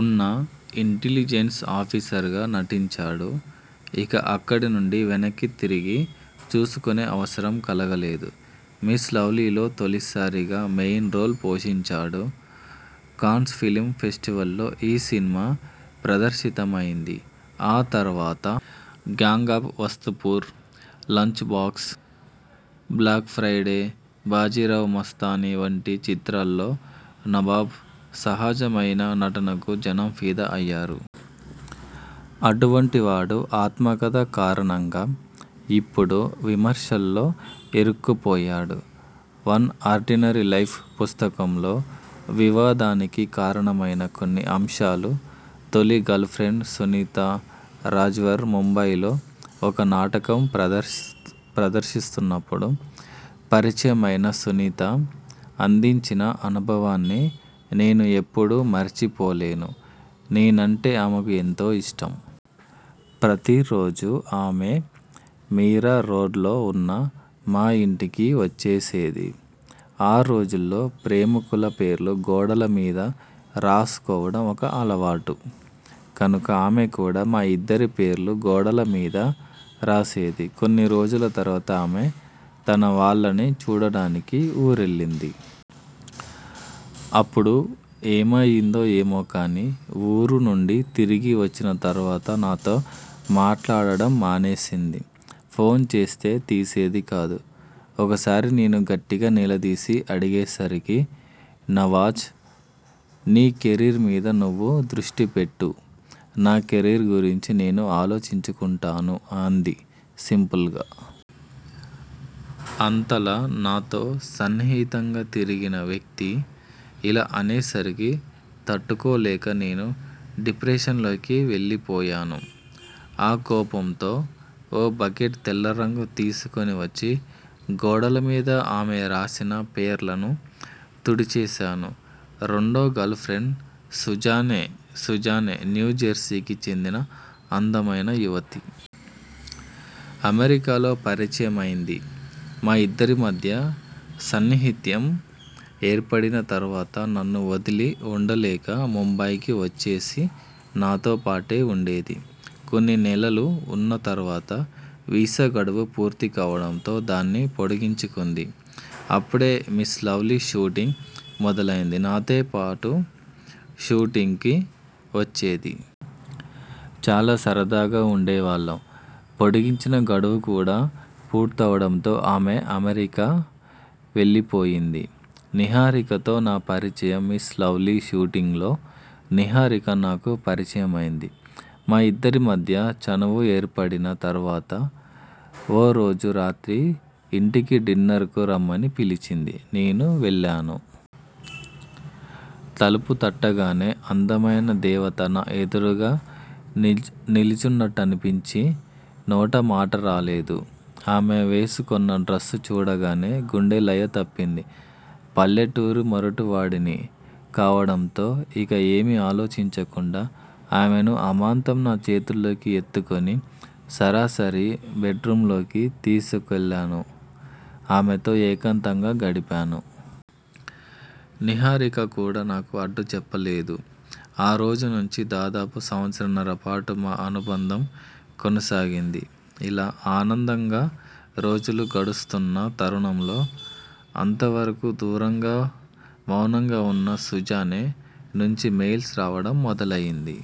ఉన్న ఇంటెలిజెన్స్ ఆఫీసర్గా నటించాడు. ఇక అక్కడి నుంచి వెనక్కి తిరిగి చూసుకొనే అవసరం కలగలేదు.. 'మిస్ లవ్లీ' లో తొలిసారిగా మెయిన్ రోల్ పోషించాడు. కాన్స్ ఫిల్మ్ ఫెస్టివల్లో ఈ సినిమా ప్రదర్శితమైంది. ఆ తర్వాత 'gang of Wasseypur 'lunch box', 'black Friday', 'Bajirao Mastani' వంటి చిత్రాల్లో నవాబ్ సహజమైన నటనకు జనం ఫిదా అయ్యారు. అటువంటి వాడు ఆత్మకథ కారణంగా ఇప్పుడు విమర్శల్లో ఇరుక్కుపోయాడు. వన్ ఆర్డినరీ లైఫ్' పుస్తకంలో వివాదానికి కారణమైన కొన్ని అంశాలు తొలి గర్ల్ ఫ్రెండ్ సునీతా రాజ్వర్ ముంబైలో ఒక నాటకం ప్రదర్శ్ ప్రదర్శిస్తున్పప్పుడు పరిచయమైన సునీత అందించిన అనుభవాన్ని నేను ఎప్పుడూ మరిచిపోలేను. నేనంటే ఆమెకు ఎంతో ఇష్టం. ప్రతి రోజూ ఆమె మీరా రోడ్లో ఉన్న మా ఇంటికి వచ్చేసేది. ఆ రోజుల్లో ప్రేమికుల పేర్లు గోడల మీద రాసుకోవడం ఒక అలవాటు కనుక ఆమె కూడా మా ఇద్దరి పేర్లు గోడల మీద రాసేది. కొన్ని రోజుల తర్వాత ఆమె తన వాళ్లని చూడటానికి ఊరెళ్లింది. అప్పుడు ఏమయిందో ఏమో కానీ ఊరు నుంచి తిరిగి వచ్చిన తర్వాత నాతో మాట్లాడటం మానేసింది. ఫోస్ చేస్తే తీసేది కాదు. ఒకసారి నేను గట్టిగా నిలదీసి అడిగేసరికి 'నవాజ్! నీ కెరీర్ మీద నువ్వు దృష్టి పెట్టు, నా కెరీర్ గురించి నేను ఆలోచించుకుంటాను' అంది సింపుల్గా. అంతలా నాతో సన్నిహితంగా తిరిగిన వ్యక్తి ఇలా అనేసరికి తట్టుకోలేక నేను డిప్రెషన్లోకి వెళ్లిపోయాను. ఆ కోపంతో ఓ బకెట్ తెల్ల రంగు తీసుకునీవచ్చి గోడల మీద ఆమె రాసిన పేర్లని తుడిచేశాను. రెండో గర్ల్ ఫ్రెండ్ సుజానే. సుజానే న్యూజెర్సీకి చెందిన అందమైన యువతి. అమెరికాలో పరిచయమైంది. మా ఇద్దరి మధ్య సన్నిహిత్యం ఏర్పడిన తర్వాత నన్ను వదిలి ఉండలేక ముంబైకి వచ్చేసి నాతో పాటే ఉండేది. కొన్ని నెలలు ఉన్న తర్వాత వీసా గడువు పూర్తి కావడంతో దాన్ని పొడిగించుకుంది. అప్పుడే 'మిస్ లవ్లీ' షూటింగ్ మొదలైంది. నాతో పాటు షూటింగ్కు వచ్చేది. చాలా సరదాగా ఉండేవాళ్లం. పొడిగించిన గడువు కూడా పూర్తవడంతో ఆమె అమెరికా వెళ్లిపోయింది. నిహారికతో నా పరిచయం'మిస్ లవ్లీ' షూటింగ్లో నిహారిక నాకు పరిచయమైంది. మా ఇద్దరి మధ్య చనువు ఏర్పడిన తర్వాత ఓ రోజు రాత్రి ఇంటికి డిన్నర్కు రమ్మని పిలిచింది. నేను వెళ్లాను. తలుపు తట్టగానే అందమైన దేవత నా ఎదురుగా నిల్చు నిలుచున్నట్టునిపించి నోట మాటరాలేదు. ఆమె వేసుకొన్న డ్రస్ చూడగానే గుండె లయ తప్పింది. పల్లెటూరి మొరటివాడిని కావడంతో ఇక ఏమీ ఆలోచించకుండా ఆమెని అమాంతం నా చేతుల్లోకి ఎత్తుకొని సరాసరి బెడ్రూమ్లోకి తీసుకెళ్లాను. ఆమెతో ఏకాంతంగా గడిపాను. నిహారిక కూడా నాకు అడ్డు చెప్పలేదు. ఆ రోజు నుంచి దాదాపు సంవత్సరన్నర పాటు మా అనుబంధం కొనసాగింది. ఇలా ఆనందంగా రోజులు గడుస్తున్న తరుణంలో అంతవరకూ దూరంగా, మౌనంగా ఉన్న సుజానే నుంచి మెయిల్స్ రావడం మొదలైంది.